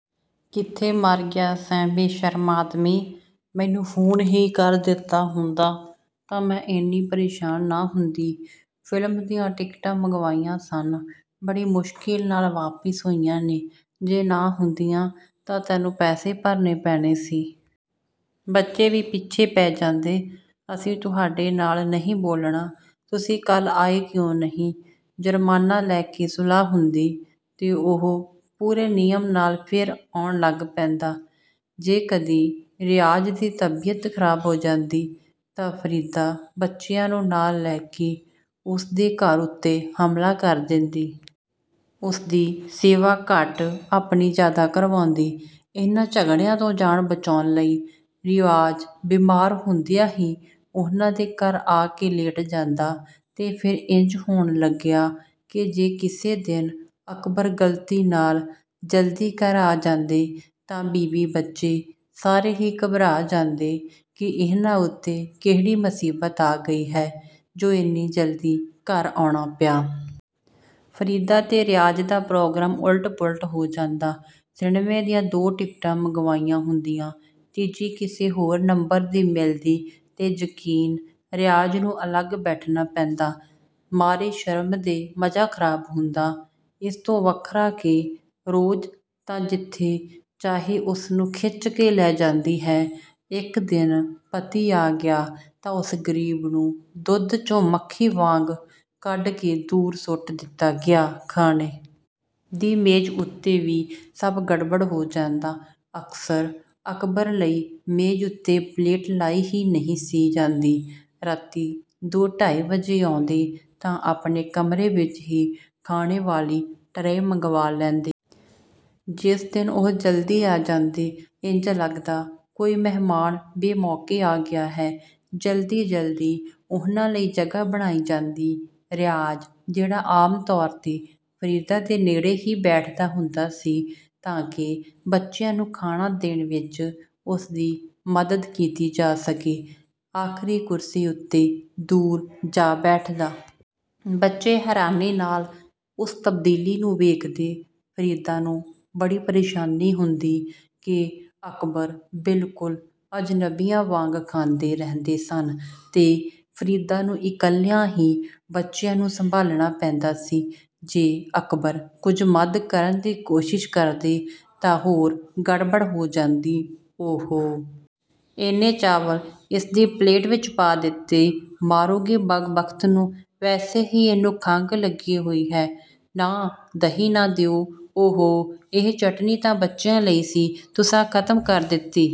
ਕਿੱਥੇ ਮਰ ਗਿਆ ਸੈਂ, ਬੇਸ਼ਰਮ ਆਦਮੀ! ਮੈਨੂੰ ਫ਼ੋਨ ਹੀ ਕਰ ਦਿੱਤਾ ਹੁੰਦਾ ਤਾਂ ਮੈਂ ਏਨੀ ਪਰੇਸ਼ਾਨ ਨਾ ਹੁੰਦੀ। ਫ਼ਿਲਮ ਦੀਆਂ ਟਿਕਟਾਂ ਮੰਗਵਾਈਆਂ ਸਨ, ਬੜੀ ਮੁਸ਼ਕਿਲ ਨਾਲ ਵਾਪਿਸ ਹੋਈਆਂ ਨੇ-- ਜੇ ਨਾ ਹੁੰਦੀਆਂ ਤਾਂ ਤੈਨੂੰ ਪੈਸੇ ਭਰਨੇ ਪੈਣੇ ਸੀ। ਬੱਚੇ ਵੀ ਪਿੱਛੇ ਪੈ ਜਾਂਦੇ -- 'ਅਸੀਂ ਤੁਹਾਡੇ ਨਾਲ ਨਹੀਂ ਬੋਲਣਾ, ਤੁਸੀਂ ਕੱਲ੍ਹ ਆਏ ਕਿਉਂ ਨਹੀਂ?' ਜੁਰਮਾਨਾ ਲੈ ਕੇ ਸੁਲਾਹ ਹੁੰਦੀ ਤੇ ਉਹ ਪੂਰੇ ਨਿਯਮ ਨਾਲ ਫੇਰ ਆਉਣ ਲੱਗ ਪੈਂਦਾ। ਜੇ ਕਦੀ ਰਿਆਜ਼ ਦੀ ਤਬੀਅਤ ਖਰਾਬ ਹੋ ਜਾਂਦੀ ਤਾਂ ਫਰੀਦਾ ਬੱਚਿਆਂ ਨੂੰ ਨਾਲ ਲੈ ਕੇ ਉਸ ਦੇ ਘਰ ਉੱਤੇ ਹਮਲਾ ਕਰ ਦੇਂਦੀ। ਉਸਦੀ ਸੇਵਾ ਘੱਟ, ਆਪਣੀ ਜ਼ਿਆਦਾ ਕਰਵਾਉਂਦੀ। ਇਹਨਾਂ ਝਗੜਿਆਂ ਤੋਂ ਜਾਨ ਬਚਾਉਣ ਲਈ ਰਿਆਜ਼ ਬਿਮਾਰ ਹੁੰਦਿਆਂ ਹੀ ਉਹਨਾਂ ਦੇ ਘਰ ਆ ਕੇ ਲੇਟ ਜਾਂਦਾ। ਤੇ ਫੇਰ ਇੰਜ ਹੋਣ ਲੱਗਿਆ ਕਿ ਜੇ ਕਿਸੇ ਦਿਨ ਅਕਬਰ ਗਲਤੀ ਨਾਲ ਜਲਦੀ ਘਰ ਆ ਜਾਂਦੇ ਤਾਂ ਬੀਵੀ ਬੱਚੇ ਸਾਰੇ ਹੀ ਘਬਰਾ ਜਾਂਦੇ ਕਿ 'ਇਹਨਾਂ ਉੱਤੇ ਕਿਹੜੀ ਮੁਸੀਬਤ ਆ ਗਈ ਹੈ ਜੋ ਏਨੀ ਜਲਦੀ ਘਰ ਆਉਣਾ ਪਿਆ?' ਫਰੀਦਾ ਤੇ ਰਿਆਜ਼ ਦਾ ਪ੍ਰੋਗਰਾਮ ਉਲਟ-ਪੁਲਟ ਹੋ ਜਾਂਦਾ --ਸਿਨੇਮੇ ਦੀਆਂ ਦੋ ਟਿਕਟ ਮੰਗਵਾਈਆਂ ਹੁੰਦੀਆਂ, ਤੀਜੀ ਕਿਸੇ ਹੋਰ ਨੰਬਰ ਦੀ ਮਿਲਦੀ ਤੇ ਯਕੀਨ ਰਿਆਜ਼ ਨੂੰ ਅਲੱਗ ਬੈਠਣਾ ਪੈਂਦਾ। ਮਾਰੇ ਸ਼ਰਮ ਦੇ ਮਜ਼ਾ ਖਰਾਬ ਹੁੰਦਾ, ਇਸ ਤੋਂ ਵੱਖਰਾ ਕਿ ਰੋਜ਼ ਤਾਂ ਜਿੱਥੇ ਚਾਹੇ ਉਸ ਨੂੰ ਖਿੱਚ ਕੇ ਲੈ ਜਾਂਦੀ ਹੈ, ਇੱਕ ਦਿਨ ਪਤੀ ਆ ਗਿਆ ਤਾਂ ਉਸ ਗਰੀਬ ਨੂੰ ਦੁੱਧ 'ਚੋਂ ਮੱਖੀ ਵਾਂਗ ਕੱਢ ਕੇ ਦੂਰ ਸੁੱਟ ਦਿੱਤਾ ਗਿਆ। ਖਾਣੇ ਦੀ ਮੇਜ਼ ਉੱਤੇ ਵੀ ਸਭ ਗੜਬੜ ਹੋ ਜਾਂਦਾ --ਅਕਸਰ, ਅਕਬਰ ਲਈ ਮੇਜ਼ ਉੱਤੇ ਪਲੇਟ ਲਾਈ ਹੀ ਨਹੀਂ ਸੀ ਜਾਂਦੀ। ਰਾਤੀਂ ਦੋ ਢਾਈ ਵਜੇ ਆਉਂਦੇ ਤਾਂ ਆਪਣੇ ਕਮਰੇ ਵਿੱਚ ਹੀ ਖਾਣੇ ਵਾਲੀ ਟਰੇ ਮੰਗਵਾ ਲੈਂਦੇ। ਜਿਸ ਦਿਨ ਉਹ ਜਲਦੀ ਆ ਜਾਂਦੇ, ਇੰਜ ਲੱਗਦਾ ਕੋਈ ਮਹਿਮਾਨ ਬੇਮੌਕੇ ਆ ਗਿਆ ਹੈ। ਜਲਦੀ-ਜਲਦੀ ਉਹਨਾਂ ਲਈ ਜਗ੍ਹਾ ਬਣਾਈ ਜਾਂਦੀ --ਰਿਆਜ਼ ਜਿਹੜਾ ਆਮ ਤੌਰ 'ਤੇ ਫਰੀਦਾ ਦੇ ਨੇੜੇ ਹੀ ਬੈਠਦਾ ਹੁੰਦਾ ਸੀ ਤਾਂਕਿ ਬੱਚਿਆਂ ਨੂੰ ਖਾਣਾ ਦੇਣ ਵਿੱਚ ਉਸਦੀ ਮਦਦ ਕੀਤੀ ਜਾ ਸਕੇ, ਆਖ਼ਰੀ ਕੁਰਸੀ ਉੱਤੇ, ਦੂਰ ਜਾ ਬੈਠਦਾ। ਬੱਚੇ ਹੈਰਾਨੀ ਨਾਲ ਉਸ ਤਬਦੀਲੀ ਨੂੰ ਵੇਖਦੇ। ਫਰੀਦਾ ਨੂੰ ਬੜੀ ਪਰੇਸ਼ਾਨੀ ਹੁੰਦੀ ਕਿ, ਅਕਬਰ ਬਿਲਕੁਲ ਅਜਨਬੀਆਂ ਵਾਂਗ ਖਾਂਦੇ ਰਹਿੰਦੇ ਸਨ ਤੇ ਫਰੀਦਾ ਨੂੰ ਇਕੱਲਿਆਂ ਹੀ ਬੱਚਿਆਂ ਨੂੰ ਸੰਭਾਲਣਾ ਪੈਂਦਾ ਸੀ। ਜੇ ਅਕਬਰ ਕੁਝ ਮਦ ਕਰਨ ਦੀ ਕੋਸ਼ਿਸ਼ ਕਰਦੇ ਤਾਂ ਹੋਰ ਗੜਬੜ ਹੋ ਜਾਂਦੀ --"ਓ-ਹੋ! ਏਨੇ ਚਾਵਲ ਇਸ ਦੀ ਪਲੇਟ ਵਿੱਚ ਪਾ ਦਿੱਤੇ-- ਮਾਰੋਗੇ ਬਦਬਖ਼ਤ ਨੂੰ। ਵੈਸੇ ਹੀ ਇਹਨੂੰ ਖੰਘ ਲੱਗੀ ਹੋਈ ਹੈ। ਨਾ, ਦਹੀਂ ਨਾ ਦਿਓ। ਓ-ਹੋ ਇਹ ਚਟਨੀ ਤਾਂ ਬੱਚਿਆਂ ਲਈ ਸੀ --ਤੁਸਾਂ ਖਤਮ ਕਰ ਦਿੱਤੀ।"